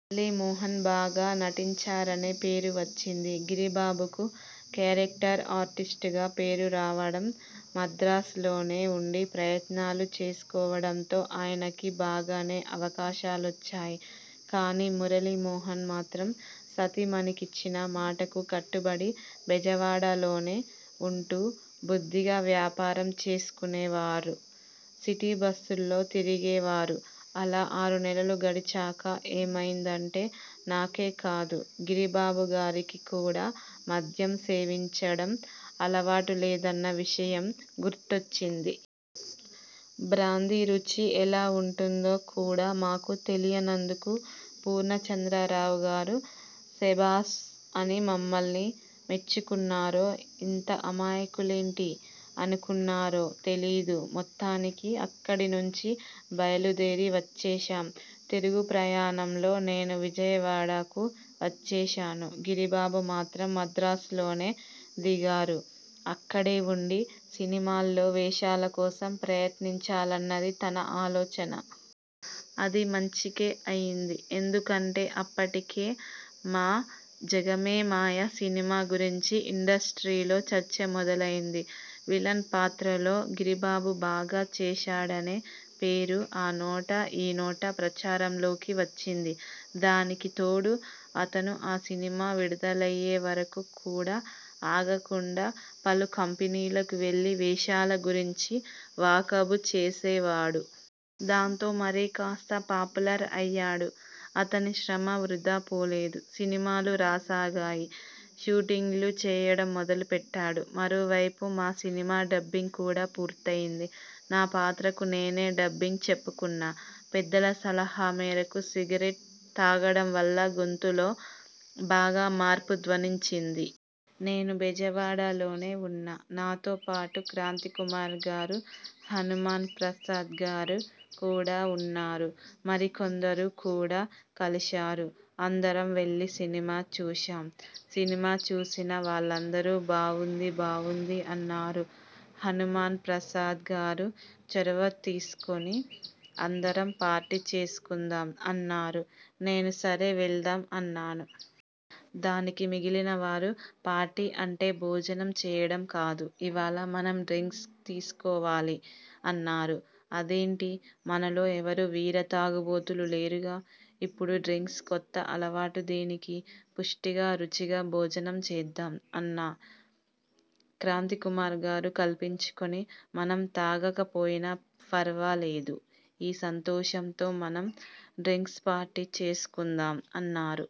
మురళీమోహన్ బాగా నటించా రనే పేరు వచ్చింది. గిరిబాబుకు కేరక్టర్ ఆర్టిస్టుగా పేరురావడం, మద్రాసులోనే ఉండి ప్రయత్నాలు చేసుకోవడంతో ఆయనకి బాగానే అవకాశాలొచ్చాయి. కానీ మురళీమోహన్ మాత్రం సతీమణికిచ్చిన మాటకు కట్టుబడి బెజవాడ లోనే ఉంటూ బుద్ధిగా వ్యాపారం చేసుకునేవారు. సిటీబస్సుల్లో తిరిగేవారు. అలా ఆరునెలలు గడిచాక ఏమైందంటే నాకే కాదు గిరిబాబుగారికి కూడా మద్యం సేవించడం అలవాటులేదన్న విషయం గుర్తొచ్చింది. బ్రాందీ రుచి ఎలా ఉంటుందో కూడా మాకు తెలియనందుకు పూర్ణచంద్రరావుగారు 'సెబాసు' అని మమ్మల్ని మెచ్చుకున్నారో, 'ఇంత అమాయకులేంటి? ' అనుకున్నారో తెలియదు. మొత్తానికి అక్కడినుంచి బయలుదేరి వచ్చేశాం. తిరుగుప్రయాణంలో నేను విజయవాడకు వచ్చేశాను. గిరిబాబు మాత్రం మద్రాసులోనే దిగారు. అక్కడే ఉండి సినిమాల్లో వేషాలకోసం ప్రయత్నించాలన్నది తన ఆలోచన. అది మంచికే అయింది. ఎందుకంటే అప్పటికే మా 'జగమే మాయ' సినిమా గురించి ఇండస్ర్టీలో చర్చ మొదలైంది. విలన్పాత్రలో గిరిబాబు బాగా చేశాడనే పేరు ఆ నోటా ఈ నోటా ప్రచారంలోకి వచ్చింది. దానికి తోడు అతను ఆ సినిమా విడుదలయ్యే వరకు కూడా ఆగకుండా, పలు కంపెనీలకు వెళ్లి వేషాల గురించి వాకబు చేసేవాడు. దాంతో మరికాస్త పాపులర్ అయ్యాడు. అతని శ్రమ వృథా పోలేదు. సినిమాలు రాసాగాయి. షూటింగ్లు చేయడం మొదలు పెట్టాడు. మరోవైపు మా సినిమా డబ్బింగ్ కూడా పూర్తయింది. నా పాత్రకు నేనే డబ్బింగ్ చెప్పుకున్నా. పెద్దల సలహా మేరకు సిగరెట్ తాగడం వల్ల గొంతులో బాగా మార్పు ధ్వనించింది. నేను బెజవాడలోనే ఉన్నా. నాతో పాటు క్రాంతికుమార్గారు, హనుమాన్ప్రసాద్గారు కూడా ఉన్నారు. మరికొందరు కూడా కలిశారు. అందరం వెళ్లి సినిమా చూశాం. సినిమా చూసిన వాళ్లందరూ 'బావుంది బావుంది' అన్నారు. హనుమాన్ ప్రసాద్ గారు చొరవ తీసుకుని 'అందరం పార్టీ చేసుకుందాం' అన్నారు. నేను 'సరే వెళ్దాం' అన్నాను. దానికి మిగిలినవారు 'పార్టీ అంటే భోజనం చేయడం కాదు, ఇవాళ మనం డ్రింక్స్ తీసుకోవాలి' అన్నారు. 'అదేంటీ, మనలో ఎవరూ వీర తాగుబోతులు లేరుగా, ఇప్పుడీ డ్రింక్స్ కొత్త అలవాటు దేనికీ? పుష్టిగా రుచిగా భోజనం చేద్దాం' అన్నా. క్రాంతికుమార్గారు కల్పించుకుని 'మనం తాగకపోయినా ఫర్వాలేదు, ఈ సంతోషంతో మనం డ్రింక్స్ పార్టీ చేసుకుందాం' అన్నారు.